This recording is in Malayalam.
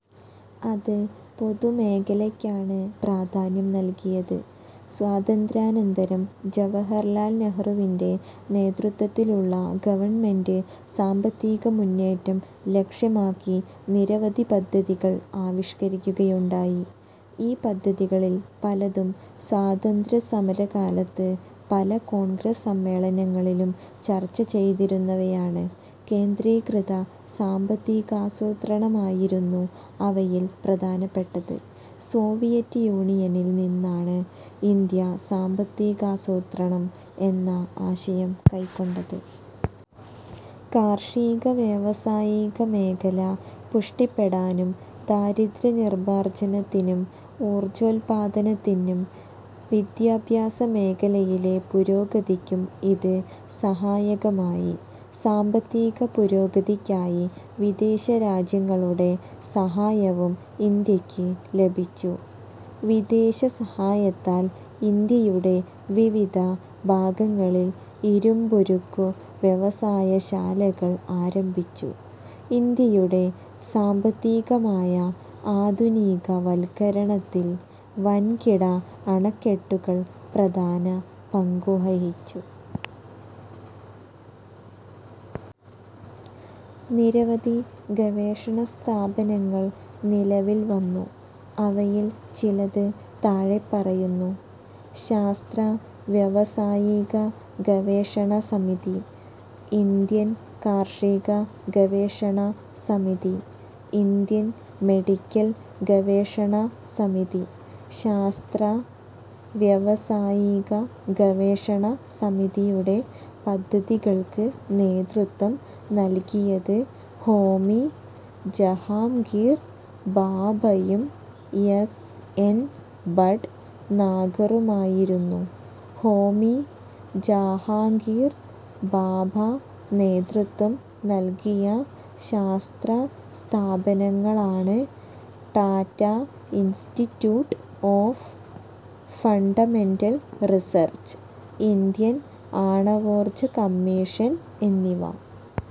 അത് പൊതുമേഖലയ്ക്കാണ് പ്രാധാന്യം നൽകിയത്. സ്വാതന്ത്ര്യാനന്തരം ജവഹർലാൽ നെഹ്റുവിന്റെ നേതൃ ത്വത്തിലുള്ള ഗവൺമെന്റ് സാമ്പത്തിക മുന്നേറ്റം ലക്ഷ്യമാക്കി നിരവധി പദ്ധതികൾ ആവിഷ്ക്കരിക്കുകയുണ്ടായി. ഈ പദ്ധതികളിൽ പലതും സ്വാതന്ത്ര്യസമരകാലത്ത് പല കോൺഗ്രസ് സമ്മേളനങ്ങളിലും ചർച്ചചെയ്തിരുന്നവയാണ്. കേന്ദ്രീകൃത സാമ്പത്തികാസൂത്രണമായിരുന്നു അവയിൽ പ്രധാനപ്പെട്ടത്. സോവിയറ്റ് യൂണിയനിൽ നിന്നാണ് ഇന്ത്യ സാമ്പത്തികാസൂത്രണം എന്ന ആശയം കൈക്കൊണ്ടത്. കാർഷിക വ്യാവസായിക മേഖല പുഷ്ടിപ്പെടാനും ദാരിദ്ര്യ നിർമാർജനത്തിനും ഊർജോൽപാദനത്തിനും വിദ്യാഭ്യാസ മേഖലയിലെ പുരോഗതിക്കും ഇത് സഹായകമായി. സാമ്പത്തിക പുരോഗതിക്കായി വിദേശ രാജ്യങ്ങളുടെ സഹായവും ഇന്ത്യക്ക് ലഭിച്ചു. വിദേശസഹായത്താൽ ഇന്ത്യയുടെ വിവിധ ഭാഗങ്ങളിൽ ഇരുമ്പുരുക്കു വ്യവസായശാലകൾ ആരംഭിച്ചു. ഇന്ത്യയുടെ സാമ്പത്തികമായ ആധുനികവൽക്കരണത്തിൽ വൻകിട അണക്കെട്ടുകൾ പ്രധാന പങ്കുവഹിച്ചു. നിരവധി ഗവേഷണസ്ഥാപനങ്ങൾ നിലവിൽ വന്നു. അവയിൽ ചിലത് താഴെപ്പറയുന്നു. ശാസ്ത്ര-വ്യാവസായിക ഗവേഷണ സമിതി, ഇന്ത്യൻ കാർഷിക ഗവേഷണ സമിതി, ഇന്ത്യൻ മെഡിക്കൽ ഗവേഷണ സമിതി. ശാസ്ത്ര വ്യവസായിക ഗവേഷണ സമിതിയുടെ പദ്ധതികൾക്ക് നേതൃത്വം നൽകിയത് ഹോമി ജഹാംഗീർ ഭാഭയും എസ്. എൻ. ഭട് നാഗറുമായിരുന്നു. ഹോമി ജാഹാംഗീർ ഭാഭ നേതൃത്വം നൽകിയ ശാസ്ത്രസ്ഥാപനങ്ങളാണ് Tata institute of fundamental research, Indian ആണവോർജകമ്മീഷൻ എന്നിവ.